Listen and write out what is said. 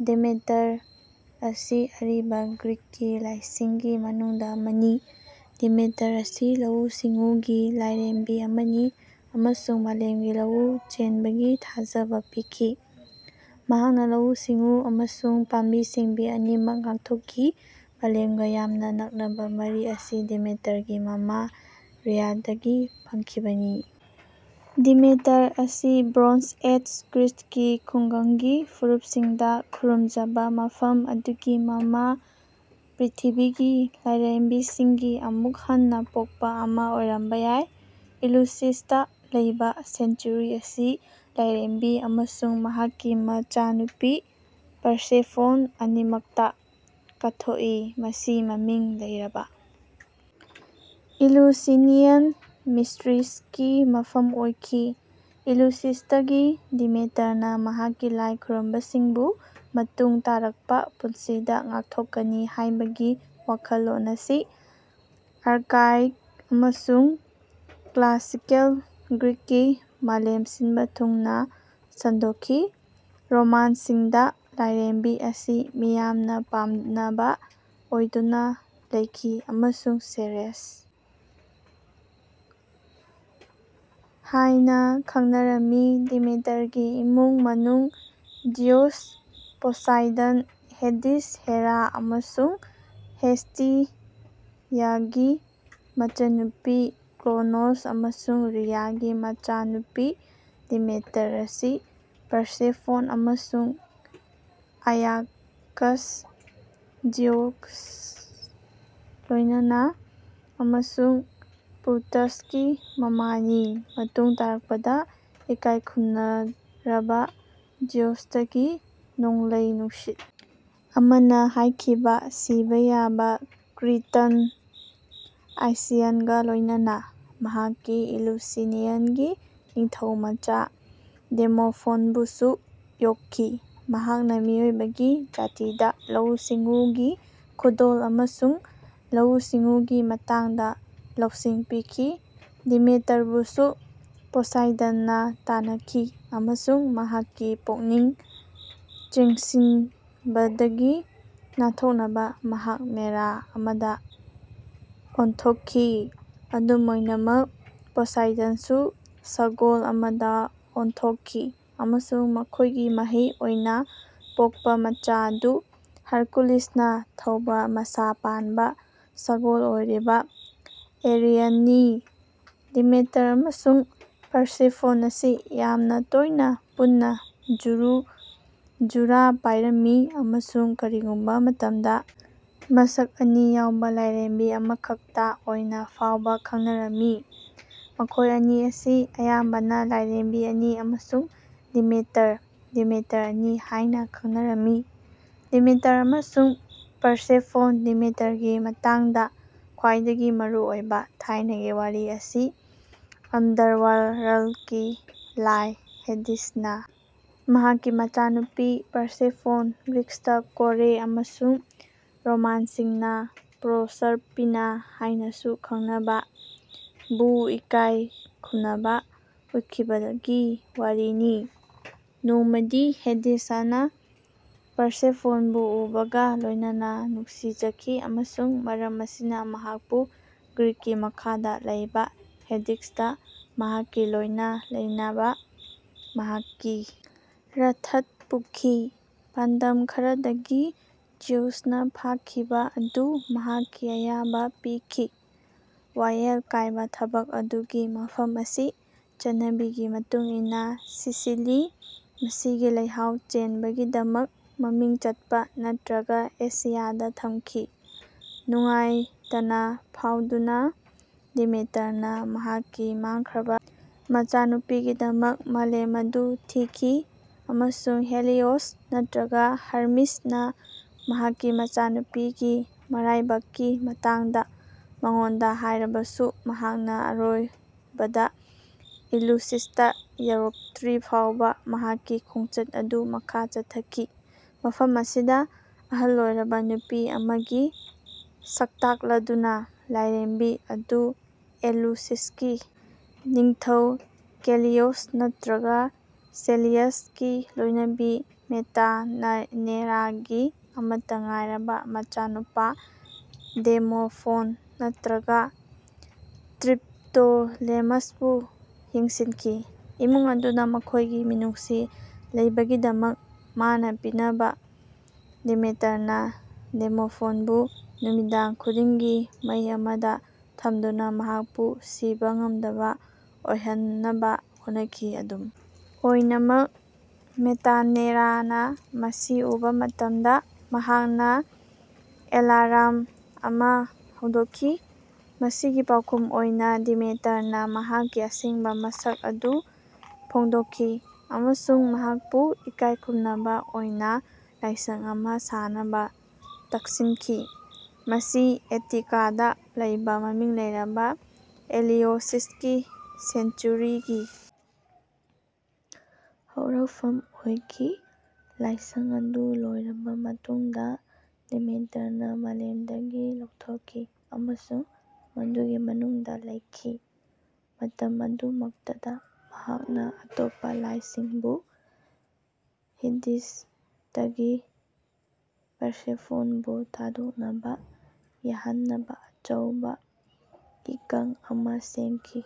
Demeter ꯑꯁꯤ ꯑꯔꯤꯕ ꯒ꯭ꯔꯤꯛꯀꯤ ꯂꯥꯏꯁꯤꯡꯒꯤ ꯃꯅꯨꯡꯗ ꯑꯃꯅꯤ꯫ ꯗꯦꯃꯤꯇꯔ ꯑꯁꯤ ꯂꯧꯎ-ꯁꯤꯡꯎꯒꯤ ꯂꯥꯏꯔꯦꯝꯕꯤ ꯑꯃꯅꯤ ꯑꯃꯁꯨꯡ ꯃꯥꯂꯦꯝꯒꯤ ꯂꯧꯎ ꯆꯦꯟꯕꯒꯤ ꯊꯥꯖꯕ ꯄꯤꯈꯤ꯫ ꯃꯍꯥꯛꯅ ꯂꯧꯎ-ꯁꯤꯡꯎ ꯑꯃꯁꯨꯡ ꯄꯥꯝꯕꯤ-ꯁꯤꯡꯕꯤ ꯑꯅꯤꯃꯛ ꯉꯥꯛꯊꯣꯛꯈꯤ꯫ ꯃꯥꯂꯦꯝꯒ ꯌꯥꯝꯅ ꯅꯛꯅꯕ ꯃꯔꯤ ꯑꯁꯤ ꯗꯦꯃꯤꯇꯔꯒꯤ ꯃꯃꯥ ꯔꯤꯌꯥꯗꯒꯤ ꯐꯪꯈꯤꯕꯅꯤ꯫ ꯗꯦꯃꯤꯇꯔ ꯑꯁꯤ ꯕ꯭ꯔꯣꯟꯖ ꯑꯦꯖ ꯒ꯭ꯔꯤꯁꯀꯤ ꯈꯨꯡꯒꯪꯒꯤ ꯐꯨꯔꯨꯞꯁꯤꯡꯗ ꯈꯨꯔꯨꯝꯖꯕ ꯃꯐꯝ ꯑꯗꯨꯒꯤ ꯃꯃꯥ ꯄ꯭ꯔꯤꯊꯤꯕꯤꯒꯤ ꯂꯥꯏꯔꯦꯝꯕꯤꯁꯤꯡꯒꯤ ꯑꯃꯨꯛ ꯍꯟꯅ ꯄꯣꯛꯄ ꯑꯃ ꯑꯣꯏꯔꯝꯕ ꯌꯥꯏ꯫ ꯏꯂꯨꯁꯤꯁꯇ ꯂꯩꯕ ꯁꯦꯟꯆꯨꯔꯤ ꯑꯁꯤ ꯂꯥꯏꯔꯦꯝꯕꯤ ꯑꯃꯁꯨꯡ ꯃꯍꯥꯛꯀꯤ ꯃꯆꯥꯅꯨꯄꯤ ꯄꯔꯁꯦꯐꯣꯟ ꯑꯅꯤꯃꯛꯇ ꯀꯠꯊꯣꯛꯏ꯫ ꯃꯁꯤ ꯃꯃꯤꯡ ꯂꯩꯔꯕ ꯏꯂꯨꯁꯤꯅꯤꯌꯟ ꯃꯤꯁꯇ꯭ꯔꯤꯁꯀꯤ ꯃꯐꯝ ꯑꯣꯏꯈꯤ꯫ ꯏꯂꯨꯁꯤꯁꯇꯒꯤ ꯗꯤꯃꯤꯇꯔꯅ ꯃꯍꯥꯛꯀꯤ ꯂꯥꯏ ꯈꯨꯔꯨꯝꯕꯁꯤꯡꯕꯨ ꯃꯇꯨꯡ ꯇꯥꯔꯛꯄ ꯄꯨꯟꯁꯤꯗ ꯉꯥꯛꯊꯣꯛꯀꯅꯤ ꯍꯥꯏꯕꯒꯤ ꯋꯥꯈꯜꯂꯣꯟ ꯑꯁꯤ ꯑꯥꯔꯀꯥꯏꯛ ꯑꯃꯁꯨꯡ ꯀ꯭ꯂꯥꯁꯤꯀꯦꯜ ꯒ꯭ꯔꯤꯛꯀꯤ ꯃꯥꯂꯦꯝ ꯁꯤꯟꯕ ꯊꯨꯡꯅ ꯁꯟꯗꯣꯛꯈꯤ꯫ ꯔꯣꯃꯥꯟꯁꯤꯡꯗ, ꯂꯥꯏꯔꯦꯝꯕꯤ ꯑꯁꯤ ꯃꯤꯌꯥꯝꯅ ꯄꯥꯝꯅꯕ ꯑꯣꯏꯗꯨꯅ ꯂꯩꯈꯤ ꯑꯃꯁꯨꯡ ꯁꯦꯔꯦꯁ ꯍꯥꯏꯅ ꯈꯪꯅꯔꯝꯃꯤ꯫ ꯗꯦꯃꯤꯇꯔꯒꯤ ꯏꯃꯨꯡ ꯃꯅꯨꯡ ꯖꯤꯎꯁ, ꯄꯣꯁꯥꯏꯗꯟ, ꯍꯦꯗꯤꯁ, ꯍꯦꯔꯥ, ꯑꯃꯁꯨꯡ ꯍꯦꯁꯇꯤꯌꯥꯒꯤ ꯃꯆꯟ-ꯅꯨꯄꯤ ꯀ꯭ꯔꯣꯅꯣꯁ ꯑꯃꯁꯨꯡ ꯔꯤꯌꯥꯒꯤ ꯃꯆꯥꯅꯨꯄꯤ, ꯗꯦꯃꯤꯇꯔ ꯑꯁꯤ ꯄꯔꯁꯦꯐꯣꯟ ꯑꯃꯁꯨꯡ ꯑꯌꯥꯀꯁ (ꯖꯤꯎꯁꯀ ꯂꯣꯏꯅꯅ) ꯑꯃꯁꯨꯡ ꯄ꯭ꯂꯨꯇꯁꯀꯤ ꯃꯃꯥꯅꯤ (ꯃꯇꯨꯡ ꯇꯥꯔꯛꯄꯗ ꯏꯀꯥꯏ ꯈꯨꯝꯅꯔꯕ ꯖꯤꯎꯁꯇꯒꯤ ꯅꯣꯡꯂꯩ ꯅꯨꯡꯁꯤꯠ ꯑꯃꯅ ꯍꯥꯏꯈꯤꯕ ꯁꯤꯕ ꯌꯥꯕ ꯀ꯭ꯔꯤꯇꯟ ꯑꯥꯏꯁꯤꯌꯟꯒ ꯂꯣꯏꯅꯅ)꯫ ꯃꯍꯥꯛꯅ ꯏꯂꯨꯁꯤꯅꯤꯌꯟꯒꯤ ꯅꯤꯡꯊꯧꯃꯆꯥ ꯗꯦꯃꯣꯐꯣꯟꯕꯨꯁꯨ ꯌꯣꯛꯈꯤ, ꯃꯍꯥꯛꯅ ꯃꯤꯑꯣꯏꯕꯒꯤ ꯖꯥꯇꯤꯗ ꯂꯧꯎ-ꯁꯤꯡꯎꯒꯤ ꯈꯨꯗꯣꯜ ꯑꯃꯁꯨꯡ ꯂꯧꯎ-ꯁꯤꯡꯎꯒꯤ ꯃꯇꯥꯡꯗ ꯂꯧꯁꯤꯡ ꯄꯤꯈꯤ꯫ ꯗꯦꯃꯤꯇꯔꯕꯨꯁꯨ ꯄꯣꯁꯥꯏꯗꯟꯅ ꯇꯥꯟꯅꯈꯤ, ꯑꯃꯁꯨꯡ ꯃꯍꯥꯛꯀꯤ ꯄꯨꯛꯅꯤꯡ ꯆꯪꯁꯤꯟꯕꯗꯒꯤ ꯅꯥꯟꯊꯣꯛꯅꯕ ꯃꯍꯥꯛ ꯃꯦꯔ ꯑꯃꯗ ꯑꯣꯟꯊꯣꯛꯈꯤ꯫ ꯑꯗꯨꯝ ꯑꯣꯏꯅꯃꯛ, ꯄꯣꯁꯥꯏꯗꯟꯁꯨ ꯁꯒꯣꯜ ꯑꯃꯗ ꯑꯣꯟꯊꯣꯛꯈꯤ ꯑꯃꯁꯨꯡ ꯃꯈꯣꯏꯒꯤ ꯃꯍꯩ ꯑꯣꯏꯅ ꯄꯣꯛꯄ ꯃꯆꯥ ꯑꯗꯨ ꯍꯔꯀꯨꯂꯤꯁꯅ ꯊꯧꯕ ꯃꯁꯥ ꯄꯥꯟꯕ ꯁꯒꯣꯜ ꯑꯣꯏꯔꯤꯕ ꯑꯦꯔꯤꯌꯟꯅꯤ꯫ ꯗꯦꯃꯤꯇꯔ ꯑꯃꯁꯨꯡ ꯄꯔꯁꯦꯐꯣꯟ ꯑꯁꯤ ꯌꯥꯝꯅ ꯇꯣꯏꯅ ꯄꯨꯟꯅ ꯖꯨꯔꯨ ꯖꯨꯔꯥ ꯄꯥꯏꯔꯝꯃꯤ ꯑꯃꯁꯨꯡ ꯀꯔꯤꯒꯨꯝꯕ ꯃꯇꯝꯗ ꯃꯁꯛ ꯑꯅꯤ ꯌꯥꯎꯕ ꯂꯥꯏꯔꯦꯝꯕꯤ ꯑꯃꯈꯛꯇ ꯑꯣꯏꯅ ꯐꯥꯎꯕ ꯈꯪꯅꯔꯝꯃꯤ꯫ ꯃꯈꯣꯏ ꯑꯅꯤ ꯑꯁꯤ ꯑꯌꯥꯝꯕꯅ 'ꯂꯥꯏꯔꯦꯝꯕꯤ ꯑꯅꯤ' ꯑꯃꯁꯨꯡ ꯗꯦꯃꯤꯇꯔ (ꯗꯦꯃꯤꯇꯔ ꯑꯅꯤ) ꯍꯥꯏꯅ ꯈꯪꯅꯔꯝꯃꯤ꯫ ꯗꯦꯃꯤꯇꯔ ꯑꯃꯁꯨꯡ ꯄꯔꯁꯦꯐꯣꯟ ꯗꯦꯃꯤꯇꯔꯒꯤ ꯃꯇꯥꯡꯗ ꯈ꯭ꯋꯥꯏꯗꯒꯤ ꯃꯔꯨꯑꯣꯏꯕ ꯊꯥꯏꯅꯒꯤ ꯋꯥꯔꯤ ꯑꯁꯤ ꯑꯟꯗꯔꯋꯥꯔꯜꯀꯤ ꯂꯥꯏ ꯍꯦꯗꯤꯁꯅ ꯃꯍꯥꯛꯀꯤ ꯃꯆꯥꯅꯨꯄꯤ ꯄꯔꯁꯦꯐꯣꯟ (ꯒ꯭ꯔꯤꯛꯇ ꯀꯣꯔꯦ ꯑꯃꯁꯨꯡ ꯔꯣꯃꯥꯟꯁꯤꯡꯅ ꯄ꯭ꯔꯣꯁꯔꯄꯤꯅꯥ ꯍꯥꯏꯅꯁꯨ ꯈꯪꯅꯕ) ꯕꯨ ꯏꯀꯥꯏ ꯈꯨꯝꯅꯕ ꯎꯠꯈꯤꯕꯒꯤ ꯋꯥꯔꯤꯅꯤ꯫ ꯅꯣꯡꯃꯗꯤ ꯍꯦꯗꯤꯁꯅ ꯄꯔꯁꯦꯐꯣꯟꯕꯨ ꯎꯕꯒ ꯂꯣꯏꯅꯅ ꯅꯨꯡꯁꯤꯖꯈꯤ ꯑꯃꯁꯨꯡ ꯃꯔꯝ ꯑꯁꯤꯅ ꯃꯍꯥꯛꯄꯨ ꯒ꯭ꯔꯤꯛꯀꯤ ꯃꯈꯥꯗ ꯂꯩꯕ ꯍꯦꯗꯤꯁꯇ ꯃꯍꯥꯛꯀ ꯂꯣꯏꯅ ꯂꯩꯅꯕ ꯃꯍꯥꯛꯀꯤ ꯔꯊꯠ ꯄꯨꯈꯤ꯫ ꯄꯥꯎꯗꯝ ꯈꯔꯗꯒꯤ, ꯖꯤꯎꯁꯅ ꯐꯥꯈꯤꯕ ꯑꯗꯨ ꯃꯍꯥꯛꯀꯤ ꯑꯌꯥꯕ ꯄꯤꯈꯤ, ꯋꯥꯌꯦꯜ ꯀꯥꯏꯕ ꯊꯕꯛ ꯑꯗꯨꯒꯤ ꯃꯐꯝ ꯑꯁꯤ ꯆꯠꯅꯕꯤꯒꯤ ꯃꯇꯨꯡ ꯏꯟꯅ ꯁꯤꯁꯤꯂꯤ (ꯃꯁꯤꯒꯤ ꯂꯩꯍꯥꯎ ꯆꯦꯟꯕꯒꯤꯗꯃꯛ ꯃꯃꯤꯡ ꯆꯠꯄ) ꯅꯠꯇ꯭ꯔꯒ ꯑꯦꯁꯤꯌꯥꯗ ꯊꯝꯈꯤ꯫ ꯅꯨꯡꯉꯥꯏꯇꯅ ꯐꯥꯎꯗꯨꯅ, ꯗꯦꯃꯤꯇꯔꯅ ꯃꯍꯥꯛꯀꯤ ꯃꯥꯡꯈ꯭ꯔꯕ ꯃꯆꯥꯅꯨꯄꯤꯒꯤꯗꯃꯛ ꯃꯥꯂꯦꯝ ꯑꯗꯨ ꯊꯤꯈꯤ ꯑꯃꯁꯨꯡ ꯍꯦꯂꯤꯑꯣꯁ (ꯅꯠꯇ꯭ꯔꯒ ꯍꯔꯃꯤꯁ)ꯅ ꯃꯍꯥꯛꯀꯤ ꯃꯆꯥꯅꯨꯄꯤꯒꯤ ꯃꯔꯥꯏꯕꯛꯀꯤ ꯃꯇꯥꯡꯗ ꯃꯉꯣꯟꯗ ꯍꯥꯏꯔꯕꯁꯨ, ꯃꯍꯥꯛꯅ ꯑꯔꯣꯏꯕꯗ ꯏꯂꯨꯁꯤꯁꯇ ꯌꯧꯔꯛꯇ꯭ꯔꯤꯐꯥꯎꯕ ꯃꯍꯥꯛꯀꯤ ꯈꯣꯡꯆꯠ ꯑꯗꯨ ꯃꯈꯥ ꯆꯠꯊꯈꯤ꯫ ꯃꯐꯝ ꯑꯁꯤꯗ, ꯑꯍꯜ ꯑꯣꯏꯔꯕ ꯅꯨꯄꯤ ꯑꯃꯒꯤ ꯁꯛꯇꯥꯛꯂꯗꯨꯅ, ꯂꯥꯏꯔꯦꯝꯕꯤ ꯑꯗꯨꯅ ꯑꯦꯂꯨꯁꯤꯁꯀꯤ ꯅꯤꯡꯊꯧ ꯀꯦꯂꯤꯑꯣꯁ (ꯅꯠꯇ꯭ꯔꯒ ꯁꯦꯂꯤꯌꯁ)ꯒꯤ ꯂꯣꯏꯅꯕꯤ ꯃꯦꯇꯥꯅꯦꯔꯥꯒꯤ ꯑꯃꯠꯇ ꯉꯥꯏꯔꯕ ꯃꯆꯥꯅꯨꯄꯥ ꯗꯦꯃꯣꯐꯣꯟ (ꯅꯠꯇ꯭ꯔꯒꯥ ꯇ꯭ꯔꯤꯞꯇꯣꯂꯦꯃꯁ)ꯕꯨ ꯌꯦꯡꯁꯤꯟꯈꯤ꯫ ꯏꯃꯨꯡ ꯑꯗꯨꯗ ꯃꯈꯣꯏꯒꯤ ꯃꯤꯅꯨꯡꯁꯤ ꯂꯩꯕꯒꯤꯗꯃꯛ ꯃꯅꯥ ꯄꯤꯅꯕ, ꯗꯦꯃꯤꯇꯔꯅ ꯗꯦꯃꯣꯐꯣꯟꯕꯨ ꯅꯨꯃꯤꯗꯥꯡ ꯈꯨꯗꯤꯡꯒꯤ ꯃꯩ ꯑꯃꯗ ꯊꯝꯗꯨꯅ ꯃꯍꯥꯛꯄꯨ ꯁꯤꯕ ꯉꯝꯗꯕ ꯑꯣꯏꯍꯟꯅꯕ ꯍꯣꯠꯅꯈꯤ꯫ ꯑꯗꯨꯝ ꯑꯣꯏꯅꯃꯛ, ꯃꯦꯇꯥꯅꯦꯔꯥꯅ ꯃꯁꯤ ꯎꯕ ꯃꯇꯝꯗ ꯃꯍꯥꯛꯅ ꯑꯦꯂꯥꯔꯝ ꯑꯃ ꯍꯧꯗꯣꯛꯈꯤ꯫ ꯃꯁꯤꯒꯤ ꯄꯥꯎꯈꯨꯝ ꯑꯣꯏꯅ ꯗꯦꯃꯤꯇꯔꯅ ꯃꯍꯥꯛꯀꯤ ꯑꯁꯦꯡꯕ ꯃꯁꯛ ꯑꯗꯨ ꯐꯣꯡꯗꯣꯛꯈꯤ ꯑꯃꯁꯨꯡ ꯃꯍꯥꯛꯄꯨ ꯏꯀꯥꯏꯈꯨꯝꯅꯕ ꯑꯣꯏꯅ ꯂꯥꯏꯁꯪ ꯑꯃ ꯁꯥꯅꯕ ꯇꯛꯁꯤꯟꯈꯤ꯫ ꯃꯁꯤ ꯑꯦꯇꯤꯀꯥꯗ ꯂꯩꯕ ꯃꯃꯤꯡ ꯂꯩꯔꯕ ꯑꯦꯂꯤꯎꯁꯤꯁꯀꯤ ꯁꯦꯟꯆꯨꯔꯤꯒꯤ ꯍꯧꯔꯛꯐꯝ ꯑꯣꯏꯈꯤ꯫ ꯂꯥꯏꯁꯪ ꯑꯗꯨ ꯂꯣꯏꯔꯕ ꯃꯇꯨꯡꯗ, ꯗꯦꯃꯤꯇꯔꯅ ꯃꯥꯂꯦꯝꯗꯒꯤ ꯂꯧꯊꯣꯛꯈꯤ ꯑꯃꯁꯨꯡ ꯃꯗꯨꯒꯤ ꯃꯅꯨꯡꯗ ꯂꯩꯈꯤ; ꯃꯇꯝ ꯑꯗꯨꯃꯛꯇꯗ ꯃꯍꯥꯛꯅ ꯑꯇꯣꯞꯄ ꯂꯥꯏꯁꯤꯡꯕꯨ ꯍꯦꯗꯤꯁꯇꯒꯤ ꯄꯔꯁꯦꯐꯣꯟꯕꯨ ꯊꯥꯗꯣꯛꯅꯕ ꯌꯥꯍꯟꯅꯕ ꯑꯆꯧꯕ ꯏꯀꯪ ꯑꯃ ꯁꯦꯝꯈꯤ꯫